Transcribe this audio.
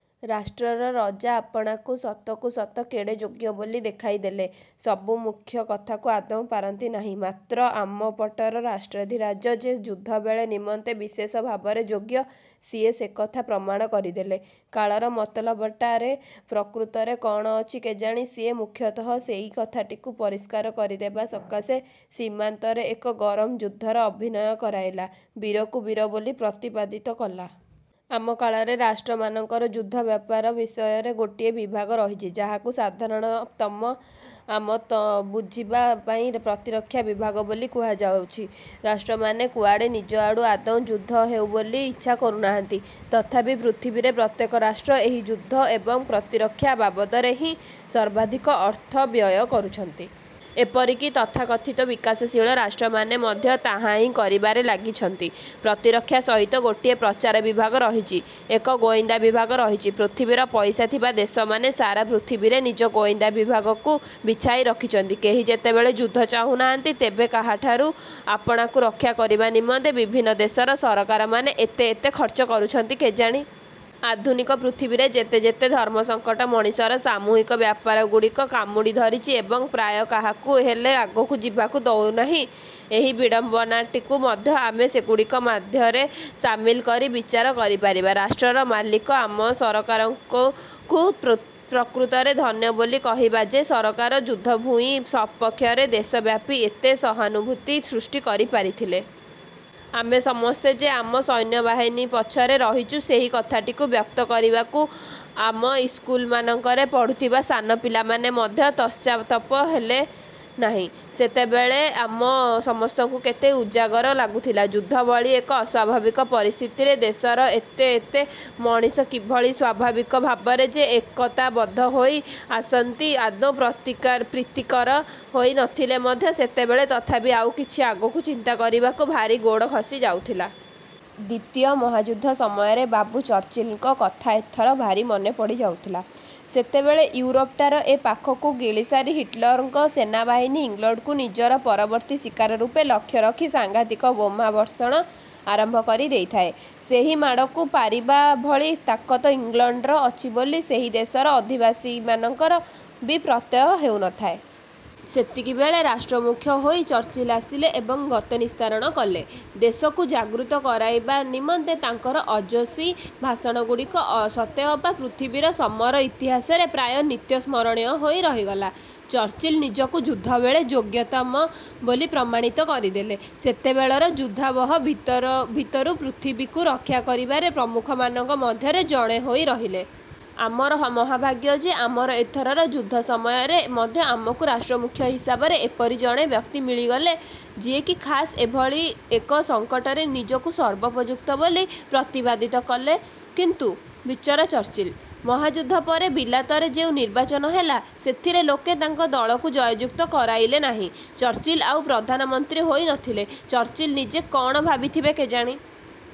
ରାଷ୍ଟ୍ରର ରଜା ଆପଣାକୁ ସତକୁ ସତ କେଡ଼େ ଯୋଗ୍ୟ ବୋଲି ଦେଖାଇଦେଲେ। ସବୁ ମୁଖ୍ୟ କଥାକୁ ଆଦୌ ପାରନ୍ତି ନାହିଁ। ମାତ୍ର ଆମ ପଟର ରାଷ୍ଟ୍ରାଧିରାଜ ଯେ ଯୁଦ୍ଧବେଳ ନିମନ୍ତେ ବିଶେଷ ଭାବରେ ଯୋଗ୍ୟ, ସିଏ ସେକଥା ପ୍ରମାଣ କରିଦେଲେ। କାଳର ମତଲବଟାରେ ପ୍ରକୃତରେ କଣ ଅଛି କେଜାଣି ସିଏ ମୁଖ୍ୟତଃ ସେହି କଥାଟିକୁ ପରିଷ୍କାର କରିଦେବା ସକାଶେ ସୀମାନ୍ତରେ ଏକ ଗରମ ଯୁଦ୍ଧର ଅଭିନୟ କରାଇଲା, ବୀରକୁ ବୀର ବୋଲି ପ୍ରତିପାଦିତ କଲା। ଆମ କାଳରେ ରାଷ୍ଟ୍ରମାନଙ୍କର ଯୁଦ୍ଧ ବ୍ୟାପାର ବିଷୟରେ ଗୋଟିଏ ବିଭାଗ ରହିଛି, ଯାହାକୁ ସାଧାରଣ ତମ ଆମ ବୁଝିବା ପାଇଁ ପ୍ରତିରକ୍ଷା ବିଭାଗ ବୋଲି କୁହାଯାଉଛି। ରାଷ୍ଟ୍ରମାନେ କୁଆଡ଼େ ନିଜଆଡ଼ୁ ଆଦୌ ଯୁଦ୍ଧ ହେଉ ବୋଲି ଇଚ୍ଛା କରୁନାହାନ୍ତି। ତଥାପି ପୃଥିବୀରେ ପ୍ରତ୍ୟେକ ରାଷ୍ଟ୍ର ଏହି ଯୁଦ୍ଧ ଏବଂ ପ୍ରତିରକ୍ଷା ବାବଦରେ ହିଁ ସର୍ବାଧିକ ଅର୍ଥ ବ୍ୟୟ କରୁଛନ୍ତି। ଏପରିକି ତଥାକଥିତ ବିକାଶଶୀଳ ରାଷ୍ଟ୍ରମାନେ ମଧ୍ୟ ତାହାହିଁ କରିବାରେ ଲାଗିଛନ୍ତି। ପ୍ରତିରକ୍ଷା ସହିତ ଗୋଟିଏ ପ୍ରଚାର ବିଭାଗ ରହିଛି, ଏକ ଗୋଇନ୍ଦା ବିଭାଗ ରହିଛି। ପୃଥିବୀର ପଇସାଥିବା ଦେଶମାନେ ସାରା ପୃଥିବୀରେ ନିଜ ଗୋଇନ୍ଦା ବିଭାଗକୁ ବିଛାଇ ରଖିଛନ୍ତି। କେହି ଯେତେବେଳେ ଯୁଦ୍ଧ ଚାହୁନାହାନ୍ତି, ତେବେ କାହାଠାରୁ ଆପଣାକୁ ରକ୍ଷା କରିବା ନିମନ୍ତେ ବିଭିନ୍ନ ଦେଶର ସରକାରମାନେ ଏତେ ଏତେ ଖର୍ଚ୍ଚ କରୁଛନ୍ତି କେଜାଣି? ଆଧୁନିକ ପୃଥିବୀରେ ଯେତେ ଯେତେ ଧର୍ମସଂକଟ ମଣିଷର ସାମୂହିକ ବ୍ୟାପାରଗୁଡ଼ିକୁ କାମୁଡ଼ି ଧରିଛି ଏବଂ ପ୍ରାୟ କାହାକୁ ହେଲେ ଆଗକୁ ଯିବାକୁ ଦେଉନାହିଁ, ଏହି ବିଡ଼ମ୍ବନାଟିକୁ ମଧ୍ୟ ଆମେ ସେଗୁଡ଼ିକ ମଧ୍ୟରେ ସାମିଲ କରି ବିଚାର କରିପାରିବା। ରାଷ୍ଟ୍ରର ମାଲିକ ଆମ ସରକାରଙ୍କୁ ପ୍ରକୃତରେ ଧନ୍ୟ ବୋଲି କହିବା ଯେ ସରକାର ଯୁଦ୍ଧଭୂଇଁ ସପକ୍ଷରେ ଦେଶବ୍ୟାପୀ ଏତେ ସହାନୁଭୂତି ସୃଷ୍ଟି କରି ପାରିଥିଲେ। ଆମେ ସମସ୍ତେ ଯେ ଆମ ସୈନ୍ୟବାହିନୀ ପଛରେ ରହିଛୁ ସେହି କଥାଟିକୁ ବ୍ୟକ୍ତ କରିବାକୁ ଆମ ଇସ୍କୁଲମାନଙ୍କରେ ପଢୁଥିବା ସାନ ପିଲାମାନେ ମଧ୍ୟ ପଶ୍ଚାତପ ହେଲେ ନାହିଁ। ସେତେବେଳେ ଆମ ସମସ୍ତଙ୍କୁ କେତେ ଉଜାଗର ଲାଗୁଥିଲା। ଯୁଦ୍ଧଭଳି ଏକ ଅସ୍ୱାଭାବିକ ପରିସ୍ଥିତିରେ ଦେଶର ଏତେ ଏତେ ମଣିଷ କିଭଳି ସ୍ୱାଭାବିକ ଭାବରେ ଯେ ଏକତାବଦ୍ଧ ହୋଇ ଆସନ୍ତି, ଆଦୌ ପ୍ରତିକାର ପ୍ରୀତିକର ହୋଇ ନଥିଲେ ମଧ୍ୟ ସେତେବେଳେ ତଥାପି ଆଉ କିଛି ଆଗକୁ ଚିନ୍ତା କରିବାକୁ ଭାରି ଗୋଡ଼ ଖସି ଯାଉଥିଲା। ଦ୍ଵିତୀୟ ମହାଯୁଦ୍ଧ ସମୟରେ ବାବୁ ଚର୍ଚ୍ଚିଲଙ୍କ କଥା ଏଥର ଭାରି ମନେ ପଡ଼ିଯାଉଥିଲା। ସେତେବେଳେ ଇଉରୋପଟାର ଏପାଖକୁ ଗିଳିସାରି ହିଟଲରଙ୍କ ସେନାବାହିନୀ ଇଂଲଣ୍ଡକୁ ନିଜର ପରବର୍ତ୍ତୀ ଶିକାର ରୂପେ ଲକ୍ଷ୍ୟ ରଖି ସାଂଘାତିକ ବୋମାବର୍ଷଣ ଆରମ୍ଭ କରି ଦେଇଥାଏ। ସେହି ମାଡ଼କୁ ପାରିବା ଭଳି ତାକତ ଇଂଲଣ୍ଡର ଅଛି ବୋଲି ସେହି ଦେଶର ଅଧିବାସୀମାନଙ୍କର ବି ପ୍ରତ୍ୟୟ ହେଉନଥାଏ। ସେତିକିବେଳେ ରାଷ୍ଟ୍ରମୁଖ୍ୟ ହୋଇ ଚର୍ଚ୍ଚିଲ ଆସିଲେ ଏବଂ ଗଜନିସ୍ତାରଣ କଲେ। ଦେଶକୁ ଜାଗୃତ କରାଇବା ନିମନ୍ତେ ତାଙ୍କର ଓଜସ୍ୱୀ ଭାଷଣଗୁଡ଼ିକ ସତେଅବା ପୃଥିବୀର ସମର ଇତିହାସରେ ପ୍ରାୟ ନିତ୍ୟସ୍ମରଣୀୟ ହୋଇ ରହିଗଲା। ଚର୍ଚ୍ଚିଲ୍ ନିଜକୁ ଯୁଦ୍ଧବେଳେ ଯୋଗ୍ୟତମ ବୋଲି ପ୍ରମାଣିତ କରିଦେଲେ। ସେତେବେଳର ଯୁଦ୍ଧାବହ ଭିତର ଭିତରୁ ପୃଥିବୀକୁ ରକ୍ଷା କରିବାରେ ପ୍ରମୁଖମାନଙ୍କ ମଧ୍ୟରେ ଜଣେ ହୋଇ ରହିଲେ। ଆମର ମହାଭାଗ୍ୟ ଯେ ଆମର ଏଥରର ଯୁଦ୍ଧ ସମୟରେ ମଧ୍ୟ ଆମକୁ ରାଷ୍ଟ୍ରମୁଖ୍ୟ ହିସାବରେ ଏପରି ଜଣେ ବ୍ୟକ୍ତି ମିଳିଗଲେ ଯିଏକି ଖାସ୍ ଏହିଭଳି ଏକ ସଂକଟରେ ନିଜକୁ ସର୍ବୋପଯୁକ୍ତ ବୋଲି ପ୍ରତିପାଦିତ କଲେ କିନ୍ତୁ ବିଚରା ଚର୍ଚ୍ଚିଲ। ମହାଯୁଦ୍ଧ ପରେ ବିଲାତରେ ଯେଉଁ ନିର୍ବାଚନ ହେଲା, ସେଥିରେ ଲୋକେ ତାଙ୍କ ଦଳକୁ ଜୟଯୁକ୍ତ କରାଇଲେ ନାହିଁ। ଚର୍ଚ୍ଚିଲ ଆଉ ପ୍ରଧାନମନ୍ତ୍ରୀ ହୋଇନଥିଲେ। ଚର୍ଚ୍ଚିଲ ନିଜେ କଣ ଭାବିଥିବେ କେଜାଣି,